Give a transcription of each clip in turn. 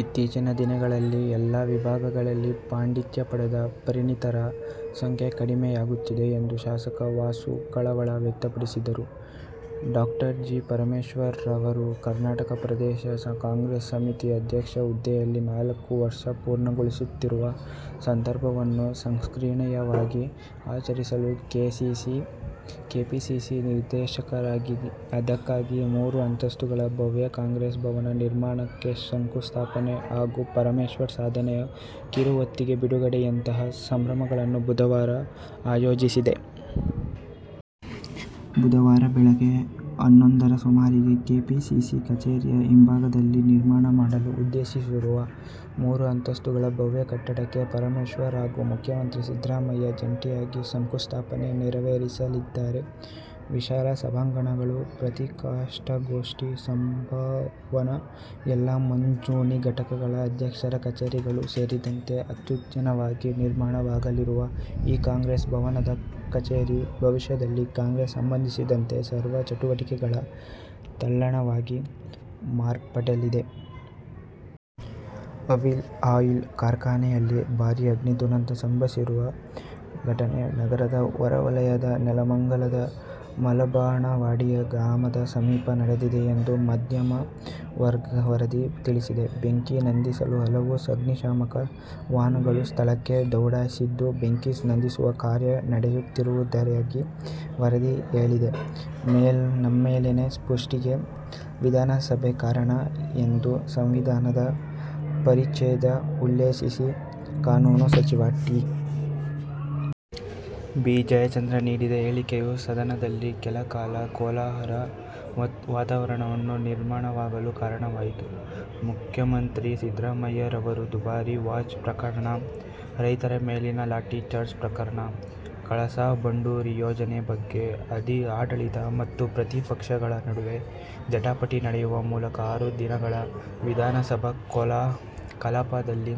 ಇತ್ತೀಚಿನ ದಿನಗಳಲ್ಲಿ ಎಲ್ಲಾ ವಿಭಾಗಗಳಲ್ಲಿ ಪಾಂಡಿತ್ಯ ಪಡೆದ ಪರಿಣಿತರ ಸಂಖ್ಯೆ ಕಡಿಮೆಯಾಗುತ್ತಿದೆ ಎಂದು ಶಾಸಕ ವಾಸು ಕಳವಳ ವ್ಯಕ್ತಪಡಿಸಿದರು. ಡಾ ಜಿ. ಪರಮೇಶ್ವರ್ ಅವರು ಕರ್ನಾಟಕ ಪ್ರದೇಶ ಕಾಂಗ್ರೆಸ್ ಸಮಿತಿ ಅಧ್ಯಕ್ಷ ಹುದ್ದೆಯಲ್ಲಿ ನಾಲ್ಕು ವರ್ಷ ಪೂರ್ಣಗೊಳಿಸುತ್ತಿರುವ ಸಂದರ್ಭವನ್ನು ಸ್ಮರಣೀಯವಾಗಿ ಆಚರಿಸಲು ಕೆಪಿಸಿಸಿ ನಿರ್ಧರಿಸಿದೆ. ಇದಕ್ಕಾಗಿ ಮೂರು ಅಂತಸ್ತುಗಳ ಭವ್ಯ ಕಾಂಗ್ರೆಸ್ ಭವನ ನಿರ್ಮಾಣಕ್ಕೆ ಶಂಕು ಸ್ಥಾಪನೆ ಹಾಗೂ ಪರಮೇಶ್ವರ್ ಸಾಧನೆಯ ಕಿರು ಹೊತ್ತಿಗೆ ಬಿಡುಗಡೆಯಂತಹ ಸಮಾರಂಭಗಳನ್ನು ಬುಧವಾರ ಆಯೋಜಿಸಿದೆ. ಬುಧವಾರ ಬೆಳಗ್ಗೆ ಹನ್ನೊಂದರ ಸುಮಾರಿಗೆ ಕೆಪಿಸಿಸಿ ಕಚೇರಿಯ ಹಿಂಭಾಗದಲ್ಲಿ ನಿರ್ಮಾಣ ಮಾಡಲು ಉದ್ದೇಶಿಸಿರುವ ಮೂರು ಅಂತಸ್ತುಗಳ ಭವ್ಯ ಕಟ್ಟಡಕ್ಕೆ ಪರಮೇಶ್ವರ್ ಹಾಗೂ ಮುಖ್ಯಮಂತ್ರಿ ಸಿದ್ದರಾಮಯ್ಯ ಜಂಟಿಯಾಗಿ ಶಂಕುಸ್ಥಾಪನೆ ನೆರವೇರಿಸಲಿದ್ದಾರೆ. ವಿಶಾಲ ಸಭಾಂಗಣಗಳು, ಪತ್ರಿಕಾಗೋಷ್ಠಿ ಸಭಾಭವನ, ಎಲ್ಲಾ ಮಂಚೂಣಿ ಘಟಕಗಳ ಅಧ್ಯಕ್ಷರ ಕಚೇರಿಗಳು ಸೇರಿದಂತೆ ಅತ್ಯಾಧುನಿಕವಾಗಿ ನಿರ್ಮಾಣವಾಗಲಿರುವ ಈ ಕಾಂಗ್ರೆಸ್ ಭವನದ ಕಚೇರಿ ಭವಿಷ್ಯದಲ್ಲಿ ಕಾಂಗ್ರೆಸ್ಗೆ ಸಂಬಂಧಿಸಿದ ಸರ್ವ ಚಟುವಟಿಕೆಗಳ ತಾಣವಾಗಿ ಮಾರ್ಪಡಲಿದೆ. ಆಲಿವ್ ಆಯಿಲ್ ಕಾರ್ಖಾನೆಯಲ್ಲಿ ಭಾರೀ ಅಗ್ನಿ ದುರಂತ ಸಂಭವಿಸಿರುವ ಘಟನೆ ನಗರದ ಹೊರವಲಯದ ನೆಲಮಂಗಲದ ಮಲ್ಲಬಾನವಾಡಿ ಗ್ರಾಮದ ಸಮೀಪ ನಡೆದಿದೆ ಎಂದು ಮಾಧ್ಯಮದ ವರದಿ ತಿಳಿಸಿದೆ. ಬೆಂಕಿ ನಂದಿಸಲು ಹಲವು ಅಗ್ನಿಶಾಮಕ ವಾಹನಗಳು ಸ್ಥಳಕ್ಕೆ ದೌಡಾಯಿಸಿದ್ದು, ಬೆಂಕಿ ನಂದಿಸುವ ಕಾರ್ಯ ನಡೆಯುತ್ತಿರುವುದಾಗಿ ವರದಿ ಹೇಳಿದೆ. ಮೇಲ್ಮನೆ ಸೃಷ್ಟಿಗೆ ವಿಧಾನಸಭೆ ಕಾರಣ ಎಂದು ಸಂವಿಧಾನದ ಪರಿಚ್ಛೇದ ಉಲ್ಲೇಖೀಸಿ ಕಾನೂನು ಸಚಿವ ಟಿ. ಬಿ ಜಯಚಂದ್ರ ನೀಡಿದ ಹೇಳಿಕೆಯು ಸದನದಲ್ಲಿ ಕೆಲಕಾಲ ಕೋಲಾಹಲಕರ ವಾತಾವರಣ ನಿರ್ಮಾಣವಾಗಲು ಕಾರಣವಾಯಿತು. ಮುಖ್ಯಮಂತ್ರಿ ಸಿದ್ದರಾಮಯ್ಯ ಅವರ ದುಬಾರಿ ವಾಚ್ ಪ್ರಕರಣ, ರೈತರ ಮೇಲಿನ ಲಾಠಿ ಚಾರ್ಜ್ ಪ್ರಕರಣ, ಕಳಸಾ ಬಂಡೂರಿ ಯೋಜನೆ ಬಗ್ಗೆ ಆಡಳಿತ ಮತ್ತು ಪ್ರತಿಪಕ್ಷಗಳ ನಡುವೆ ಜಟಾಪಟಿ ನಡೆಯುವ ಮೂಲಕ ಆರು ದಿನಗಳ ವಿಧಾನಸಭಾ ಕಲಾಪದಲ್ಲಿ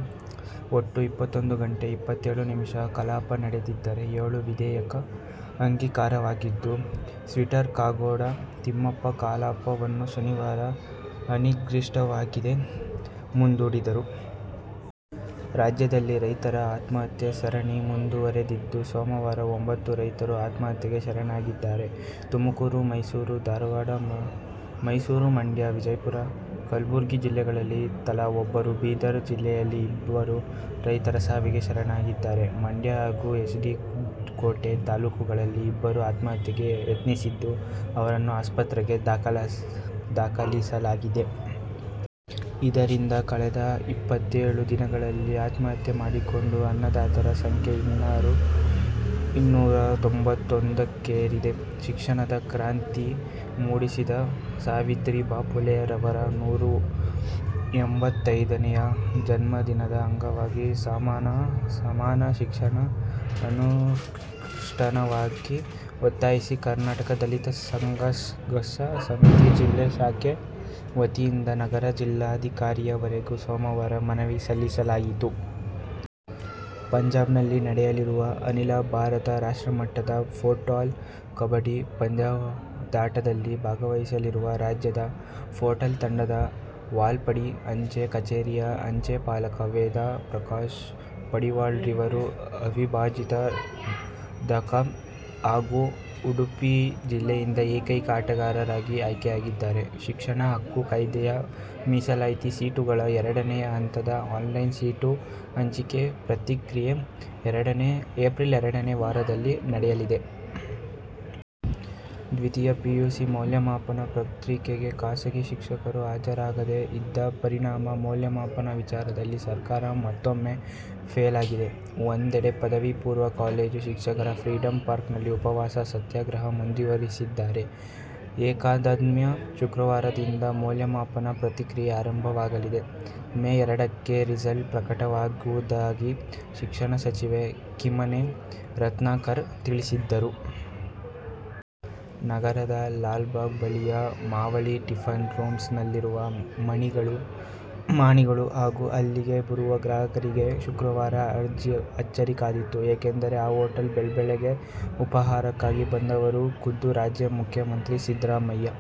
ಒಟ್ಟು ಇಪ್ಪತ್ತೊಂದು ಗಂಟೆ ಇಪ್ಪತ್ತೇಳು ನಿಮಿಷ ಕಲಾಪ ನಡೆದಿದ್ದರೆ, ಏಳು ವಿಧೇಯಕ ಅಂಗೀಕಾರವಾಗಿದ್ದು, ಸ್ಪೀಕರ್ ಕಾಗೋಡು ತಿಮ್ಮಪ್ಪ ಕಲಾಪವನ್ನು ಶನಿವಾರ ಅನಿರ್ದಿಷ್ಟಾವಧಿಗೆ ಮುಂದೂಡಿದರು. ರಾಜ್ಯದಲ್ಲಿ ರೈತರ ಆತ್ಮಹತ್ಯೆ ಸರಣಿ ಮುಂದುವರಿದಿದ್ದು ಸೋಮವಾರ ಒಂಬತ್ತು ರೈತರು ಆತ್ಮಹತ್ಯೆಗೆ ಶರಣಾಗಿದ್ದಾರೆ. ತುಮಕೂರು, ಮೈಸೂರು, ಧಾರವಾಡ, ಮೈಸೂರು, ಮಂಡ್ಯ, ವಿಜಯಪುರ, ಕಲಬುರಗಿ ಜಿಲ್ಲೆಗಳಲ್ಲಿ ತಲಾ ಒಬ್ಬರು, ಬೀದರ್ ಜಿಲ್ಲೆಯಲ್ಲಿ ಇಬ್ಬರು ರೈತರು ಸಾವಿಗೆ ಶರಣಾಗಿದ್ದರೆ, ಮಂಡ್ಯ ಹಾಗೂ ಎಚ್. ಡಿ. ಕೋಟೆ ತಾಲೂಕುಗಳಲ್ಲಿ ಇಬ್ಬರು ಆತ್ಮಹತ್ಯೆಗೆ ಯತ್ನಿಸಿದ್ದು, ಅವರನ್ನು ಆಸ್ಪತ್ರೆಗೆ ದಾಖಲಿಸಲಾಗಿದೆ. ಇದರಿಂದಾಗಿ ಕಳೆದ ಐವತ್ತೇಳು ದಿನಗಳಲ್ಲಿ ಆತ್ಮಹತ್ಯೆ ಮಾಡಿಕೊಂಡ ಅನ್ನದಾತರ ಸಂಖ್ಯೆ ಇನ್ನೂರ ತೊಂಬತ್ತೊಂದಕ್ಕೇರಿದೆ ಶಿಕ್ಷಣದ ಕ್ರಾಂತಿ ಮೂಡಿಸಿದ ಸಾವಿತ್ರಿಬಾಪುಲೆ ಅವರ ನೂರ ಎಂಬತ್ತೈದನೇ ಜನ್ಮದಿನದ ಅಂಗವಾಗಿ ಸಮಾನ ಶಿಕ್ಷಣ ಅನುಷ್ಠಾನಕ್ಕಾಗಿ ಒತ್ತಾಯಿಸಿ ಕರ್ನಾಟಕ ದಲಿತ ಸಂಘರ್ಷ ಸಮಿತಿ ಜಿಲ್ಲಾ ಶಾಖೆ ವತಿಯಿಂದ ನಗರದಲ್ಲಿಜಿಲ್ಲಾಧಿಕಾರಿಯವರಿಗೆ ಸೋಮವಾರ ಮನವಿ ಸಲ್ಲಿಸಲಾಯಿತು. ಪಂಜಾಬ್ನಲ್ಲಿ ನಡೆಯಲಿರುವ ಅಖೀಲ ಭಾರತ ರಾಷ್ಟ್ರಮಟ್ಟದ ಪೋಸ್ಟಲ್ ಕಬಡ್ಡಿ ಪಂದ್ಯಾಟದಲ್ಲಿ ಭಾಗವಹಿಸಲಿರುವ ರಾಜ್ಯ ಪೋಸ್ಟಲ್ ತಂಡದಲ್ಲಿ ವಾಲ್ಪಾಡಿ ಅಂಚೆ ಕಛೇರಿಯ ಅಂಚೆ ಪಾಲಕ ವೇದ ಪ್ರಕಾಶ್ ಪಡಿವಾಳ್ ಇವರು ಅವಿಭಜಿತ ದ. ಕ. ಹಾಗೂ ಉಡುಪಿ ಜಿಲ್ಲೆಯಿಂದ ಏಕೈಕ ಆಟಗಾರರಾಗಿ ಆಯ್ಕೆಯಾಗಿದ್ದಾರೆ. ಶಿಕ್ಷಣ ಹಕ್ಕು ಕಾಯ್ದೆ ಯ ಮೀಸಲಾತಿ ಸೀಟುಗಳ ಎರಡನೇ ಹಂತದ ಆನ್ಲೈನ್ ಸೀಟು ಹಂಚಿಕೆ ಪ್ರಕ್ರಿಯೆ ಏಪ್ರಿಲ್ ಎರಡನೇ ವಾರದಲ್ಲಿ ನಡೆಯಲಿದೆ. ದ್ವಿತೀಯ ಪಿಯುಸಿ ಮೌಲ್ಯಮಾಪನ ಪ್ರಕ್ರಿಯೆಗೆ ಖಾಸಗಿ ಶಿಕ್ಷಕರು ಹಾಜರಾಗದೆ ಇದ್ದ ಪರಿಣಾಮ ಮೌಲ್ಯಮಾಪನ ವಿಚಾರದಲ್ಲಿ ಸರ್ಕಾರ ಮತ್ತೊಮ್ಮೆ ಫೇಲ್ ಆಗಿದೆ. ಒಂದೆಡೆ ಪದವಿ ಪೂರ್ವ ಕಾಲೇಜು ಶಿಕ್ಷಕರು ಫ್ರೀಡಂ ಪಾರ್ಕ್ ನಲ್ಲಿ ಉಪವಾಸ ಸತ್ಯಾಗ್ರಹ ಮುಂದುವರಿಸಿದ್ದಾರೆ. ಏತನ್ಮಧ್ಯೆ ಶುಕ್ರವಾರದಿಂದ ಮೌಲ್ಯಮಾಪನ ಪ್ರಕ್ರಿಯೆ ಆರಂಭವಾಗಲಿದೆ. ಮೇ ಎರಡಕ್ಕೆ ರಿಸಲ್ಟ್ ಪ್ರಕಟವಾಗುವುದಾಗಿ ಶಿಕ್ಷಣ ಸಚಿವ ಕಿಮ್ಮನೆ ರತ್ನಾಕರ್ ತಿಳಿಸಿದ್ದರು. ನಗರದ ಲಾಲ್ಬಾಗ್ ಬಳಿಯ ಮಾವಳ್ಳಿ ಟಿಫಿನ್ ರೂಮ್ಸ್ ನಲ್ಲಿರುವ ಮಾಣಿಗಳು ಹಾಗೂ ಅಲ್ಲಿಗೆ ಬರುವ ಗ್ರಾಹಕರಿಗೆ ಶುಕ್ರವಾರ ಅಚ್ಚರಿ ಕಾದಿತ್ತು. ಏಕೆಂದರೆ, ಆ ಹೊಟೇಲ್ಗೆ ಬೆಳ್ಳಂಬೆಳಗ್ಗೆ ಉಪಾಹಾರಕ್ಕಾಗಿ ಬಂದವರು ಖುದ್ದು ರಾಜ್ಯದ ಮುಖ್ಯಮಂತ್ರಿ ಸಿದ್ದರಾಮಯ್ಯ